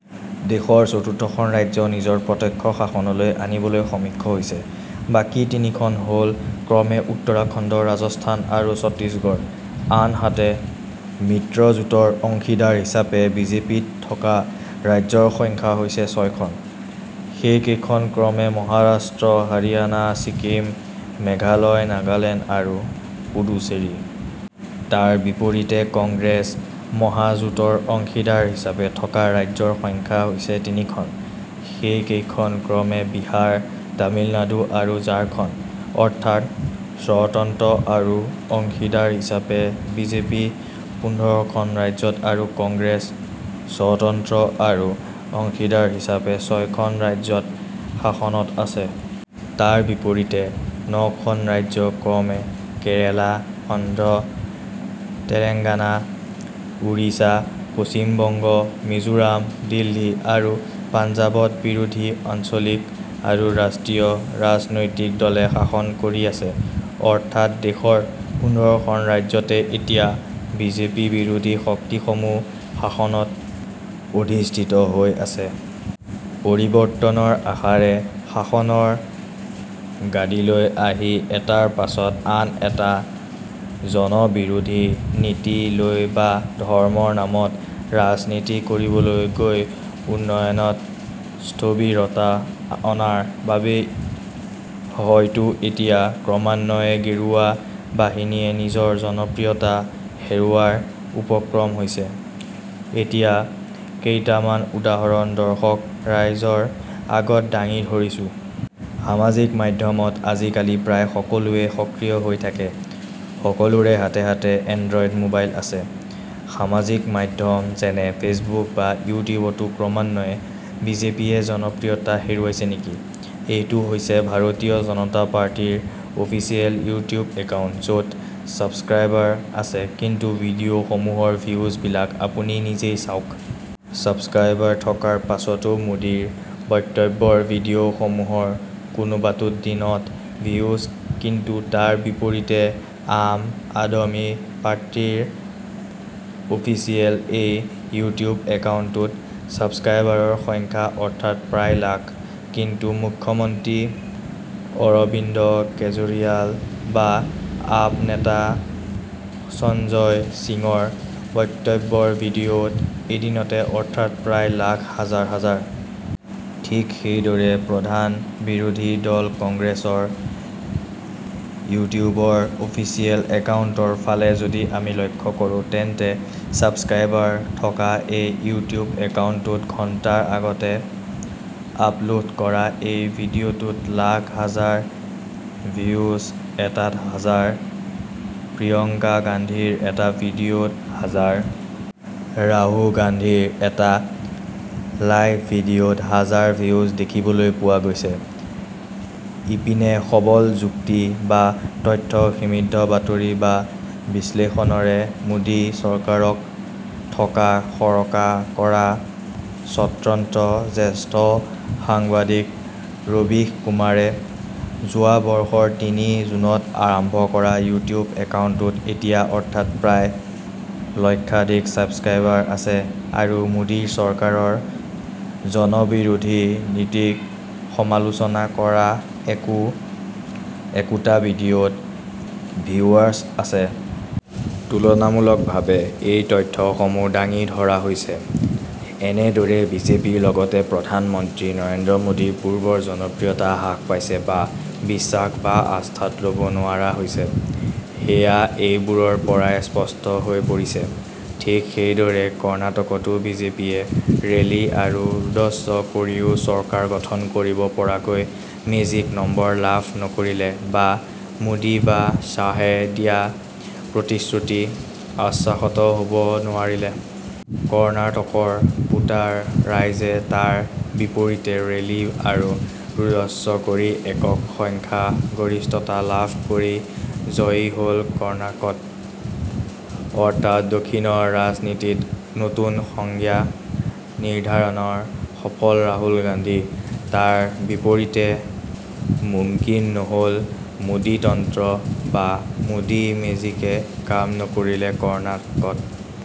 দেশৰ চতুৰ্থখন ৰাজ্য নিজৰ প্ৰত্যক্ষ শাসনলৈ আনিবলৈ সক্ষম হৈছে। বাকী তিনিখন হ'ল ক্ৰমে উত্তৰাখণ্ড, ৰাজস্থান আৰু ছত্তীশগড়। আনহাতে মিত্ৰজোঁটৰ অংশীদাৰ হিচাপে বিজেপিত থকা ৰাজ্যৰ সংখ্যা হৈছে ছয়খন। সেইকেইখন ক্ৰমে মহাৰাষ্ট্ৰ, হাৰিয়ানা, ছিকিম, মেঘালয়, নাগালেণ্ড আৰু পুডুচেৰী। তাৰ বিপৰীতে কংগ্ৰেছ মহাজোঁটৰ অংশীদাৰ হিচাপে থকা ৰাজ্যৰ সংখ্যা হৈছে তিনিখন। সেইকেইখন ক্ৰমে বিহাৰ, তামিলনাডু আৰু ঝাৰখণ্ড। অৰ্থাৎ স্বতন্ত্ৰ আৰু অংশীদাৰ হিচাপে বিজেপি পোন্ধৰখন ৰাজ্যত আৰু কংগ্ৰেছ স্বতন্ত্ৰ আৰু অংশীদাৰ হিচাপে ছয়খন ৰাজ্যত শাসনত আছে। তাৰ বিপৰীতে নখন ৰাজ্য ক্ৰমে কেৰেলা, অন্ধ্ৰ তেলেংগানা, ওড়িশা, পশ্চিম বংগ, মিজোৰাম, দিল্লী আৰু পঞ্জাৱত বিৰোধী আঞ্চলিক আৰু ৰাষ্ট্ৰীয় ৰাজনৈতিক দলে শাসন কৰি আছে। অৰ্থাৎ দেশৰ পোন্ধৰখন ৰাজ্যতে এতিয়া বিজেপি বিৰোধী শক্তিসমূহ শাসনত অধিষ্ঠিত হৈ আছে। পৰিৱৰ্তনৰ আশাৰে শাসনৰ গাদীলৈ আহি এটাৰ পাছত আন এটা জনবিৰোধী নীতি লৈ বা ধৰ্মৰ নামত ৰাজনীতি কৰিবলৈ গৈ উন্নয়নত স্থবিৰতা অনাৰ বাবেই হয়তো এতিয়া ক্ৰমান্বয়ে গেৰুৱা বাহিনীয়ে নিজৰ জনপ্ৰিয়তা হেৰুওৱাৰ উপক্ৰম হৈছে। এতিয়া কেইটামান উদাহৰণ দৰ্শক ৰাইজৰ আগত দাঙি ধৰিছোঁ। সামাজিক মাধ্যমত আজিকালি প্ৰায় সকলোৱেই সক্ৰিয় হৈ থাকে। সকলোৰে হাতে হাতে এনড্ৰইড মোবাইল আছে। সামাজিক মাধ্যম যেনে ফেচবুক বা য়ুটিউবতো ক্ৰমান্বয়ে বিজেপিয়ে জনপ্ৰিয়তা হেৰুৱাইছে নেকি? এইটো হৈছে ভাৰতীয় জনতা পাৰ্টীৰ অফিচিয়েল য়ুটিউব একাউন্ট য'ত চাব্সক্ৰাইবাৰ আছে, কিন্তু ভিডিঅ' সমূহৰ ভিউজ বিলাক আপুনি নিজেই চাওঁক। চাব্সক্ৰাইবাৰ থকাৰ পাছতো মোদীৰ বক্তব্যৰ ভিডিঅ' সমূহৰ কোনোবাটোত দিনত ভিউজ, কিন্তু তাৰ বিপৰীতে আম আদমী পাৰ্টীৰ অফিচিয়েল এই য়ুটিউব একাউন্টটোত চাব্সক্ৰাইবাৰৰ সংখ্যা অৰ্থাৎ প্ৰায় লাখ। কিন্তু মুখ্যমন্ত্ৰী অৰবিন্দ কেজৰিৱাল বা আপ নেতা সঞ্জয় সিঙৰ বক্তব্যৰ ভিডিঅ'ত এদিনতে অৰ্থাৎ প্ৰায় লাখ, হাজাৰ হাজাৰ। ঠিক সেইদৰে প্ৰধান বিৰোধী দল কংগ্ৰেছৰ য়ুটিউবৰ অফিচিয়েল একাউন্টৰ ফালে যদি আমি লক্ষ্য কৰো তেন্তে চাব্সক্ৰাইবাৰ থকা এই য়ুটিউব একাউন্টটোতো ঘন্টাৰ আগতে আপলোড কৰা এই ভিডিঅ'টোত লাখ হাজাৰ ভিউজ, এটাত হাজাৰ। প্ৰিয়ংকা গান্ধীৰ এটা ভিডিঅ'ত হাজাৰ। ৰাহু গান্ধীৰ এটা লাইভ ভিডিঅ'ত হাজাৰ ভিউজ দেখিবলৈ পোৱা গৈছে। ইপিনে সবল যুক্তি বা তথ্য সমৃদ্ধ বাতৰি বা বিশ্লেষণৰে মোদী চৰকাৰক থকা-সৰকা কৰা স্বতন্ত্ৰ জ্যেষ্ঠ সাংবাদিক ৰবিশ কুমাৰে যোৱাবৰ্ষৰ তিনি জুনত আৰম্ভ কৰা য়ুটিউব একাউন্টটোত এতিয়া অৰ্থাৎ প্ৰায় লক্ষাধিক চাব্সক্ৰাইবাৰ আছে আৰু মোদীৰ চৰকাৰৰ জনবিৰোধী নীতিক সমালোচনা কৰা একো একোটা ভিডিঅ'ত ভিউৱাৰ্ছ আছে। তুলনামূলকভাৱে এই তথ্যসমূহ দাঙি ধৰা হৈছে, কেনেদৰে বিজেপিৰ লগতে প্ৰধান মন্ত্ৰী নৰেন্দ্ৰ মোদীৰ পূৰ্বৰ জনপ্ৰিয়তা হ্ৰাস পাইছে বা বিশ্বাস বা আস্থাত ল'ব নোৱাৰা হৈছে। সেয়া এইবোৰৰ পৰাই স্পষ্ট হৈ পৰিছে। ঠিক সেইদৰে কৰ্ণাটকতো বিজেপিয়ে ৰেলী আৰু ৰোডশ্ব' কৰিও চৰকাৰ গঠন কৰিব পৰাকৈ মেজিক নম্বৰ লাভ নকৰিলে বা মোদী বা শ্বাহে দিয়া প্ৰতিশ্ৰুতি আশ্বাসত ল'ব নোৱাৰিলে। কৰ্ণাটকৰ ভোটাৰ ৰাইজে তাৰ বিপৰীতে ৰেলী আৰু ৰোডশ্ব' কৰি একক সংখ্যাগৰিষ্ঠতা লাভ কৰি জয়ী হ'ল কৰ্ণাকত। অৰ্থাৎ দক্ষিণৰ ৰাজনীতিত নতুন সংজ্ঞা নিৰ্দ্ধাৰণত সফল ৰাহুল গান্ধী। তাৰ বিপৰীতে মুমকিন নহ'ল মোডী তন্ত্ৰ বা মোদী মেজিকে কাম নকৰিলে কৰ্ণাটকত।